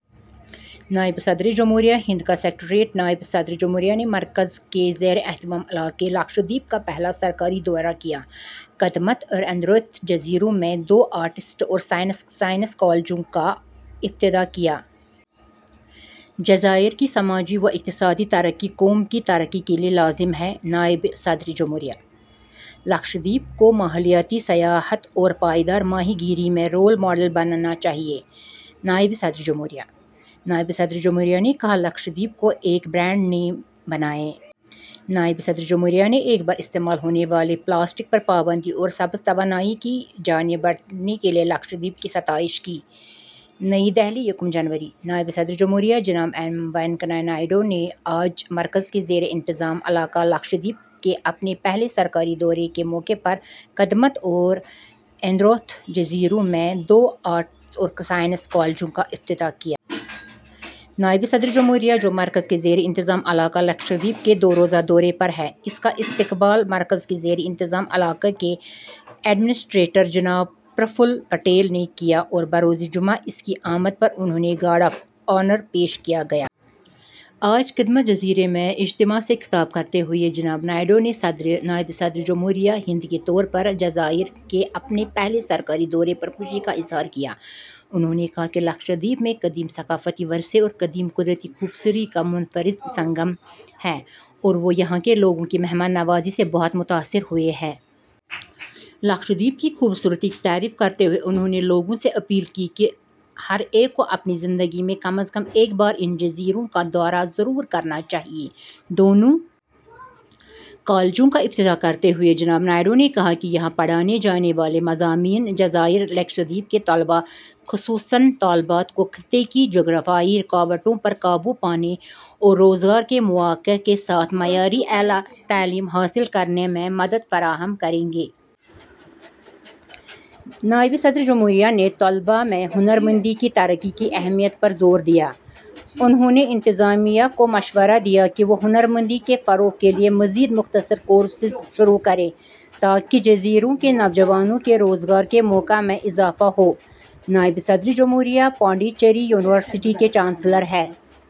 نائب صدرِ جمہوریہ ہند کا سکریٹریٹ نائب صدرِ جمہوریہ نے مرکز کے زیرِ انتظام علاقہ لکشدیپ کا پہلا سرکاری دورہ کیا۔ کدمت اور ایندروتھ جزیروں میں دو آرٹس اور سائنس کالجوں کا افتتاح کیا۔ جزائر کی سماجی و اقتصادی ترقی قوم کی ترقی کے لیے لازمی ہے: نائب صدرِ جمہوریہ۔ لکشدیپ کو ماحولیاتی سیاحت اور پائیدار ماہی گیری میں رول ماڈل بننا چاہیے: نائب صدرِ جمہوریہ۔ نائب صدرِ جمہوریہ نے کہا، ''لکشدیپ کو ایک برانڈ نام بنائیں۔'' نائب صدرِ جمہوریہ نے ایک بار استعمال ہونے والے پلاسٹک پر پابندی اور سبز توانائی کی جانب بڑھنے کے لیے لکشدیپ کی ستائش کی۔ نئی دہلی، یکم جنوری: نائب صدرِ جمہوریہ جناب ایم وینکیا نائیڈو نے آج مرکز کے زیرِ انتظام علاقہ لکشدیپ کے اپنے پہلے سرکاری دورے کے موقع پر کدمت اور ایندروتھ جزیروں میں دو آرٹس اور سائنس کالجوں کا افتتاح کیا۔ نائب صدرِ جمہوریہ، جو مرکز کے زیرِ انتظام علاقہ لکشدیپ کے دو روزہ دورے پر ہیں، ان کا استقبال مرکز کے زیرِ انتظام علاقہ کے ایڈمنسٹریٹر جناب پرفل پٹیل نے کیا اور بروز جمعہ ان کی آمد پر انہیں گارڈ آف آنر پیش کیا گیا۔ آج کدمت جزیرے میں اجتماع سے خطاب کرتے ہوئے جناب نائیڈو نے نائب صدرِ جمہوریہ ہند کے طور پر جزائر کے اپنے پہلے سرکاری دورے پر خوشی کا اظہار کیا۔ انہوں نے کہا کہ لکشدیپ میں ''قدیم ثقافتی ورثے اور قدیم قدرتی خوبصورتی کا منفرد سنگم'' ہے اور وہ یہاں کے لوگوں کی مہمان نوازی سے بہت متاثر ہوئے ہیں۔ لکشدیپ کی خوبصورتی کی تعریف کرتے ہوئے انہوں نے لوگوں سے اپیل کی کہ ہر ایک کو اپنی زندگی میں کم از کم ایک بار ان جزیروں کا دورہ ضرور کرنا چاہیے۔ دونوں کالجوں کا افتتاح کرتے ہوئے، جناب نائیڈو نے کہا کہ یہاں پڑھائے جانے والے مضامین جزائر لکشدیپ کے طلباء، خصوصاً طالبات، کو خطے کی جغرافیائی رکاوٹوں پر قابو پانے اور روزگار کے مواقع کے ساتھ معیاری اعلیٰ تعلیم حاصل کرنے میں مدد فراہم کریں گے۔ نائب صدرِ جمہوریہ نے طلباء میں ہنر مندی کی ترقی کی اہمیت پر زور دیا۔ انہوں نے انتظامیہ کو مشورہ دیا کہ وہ ہنر مندی کے فروغ کے لیے مزید مختصر کورسز شروع کریں تاکہ جزیروں کے نوجوانوں کے روزگار کے مواقع میں اضافہ ہو۔ نائب صدرِ جمہوریہ پانڈی چیری یونیورسٹی کے چانسلر ہیں۔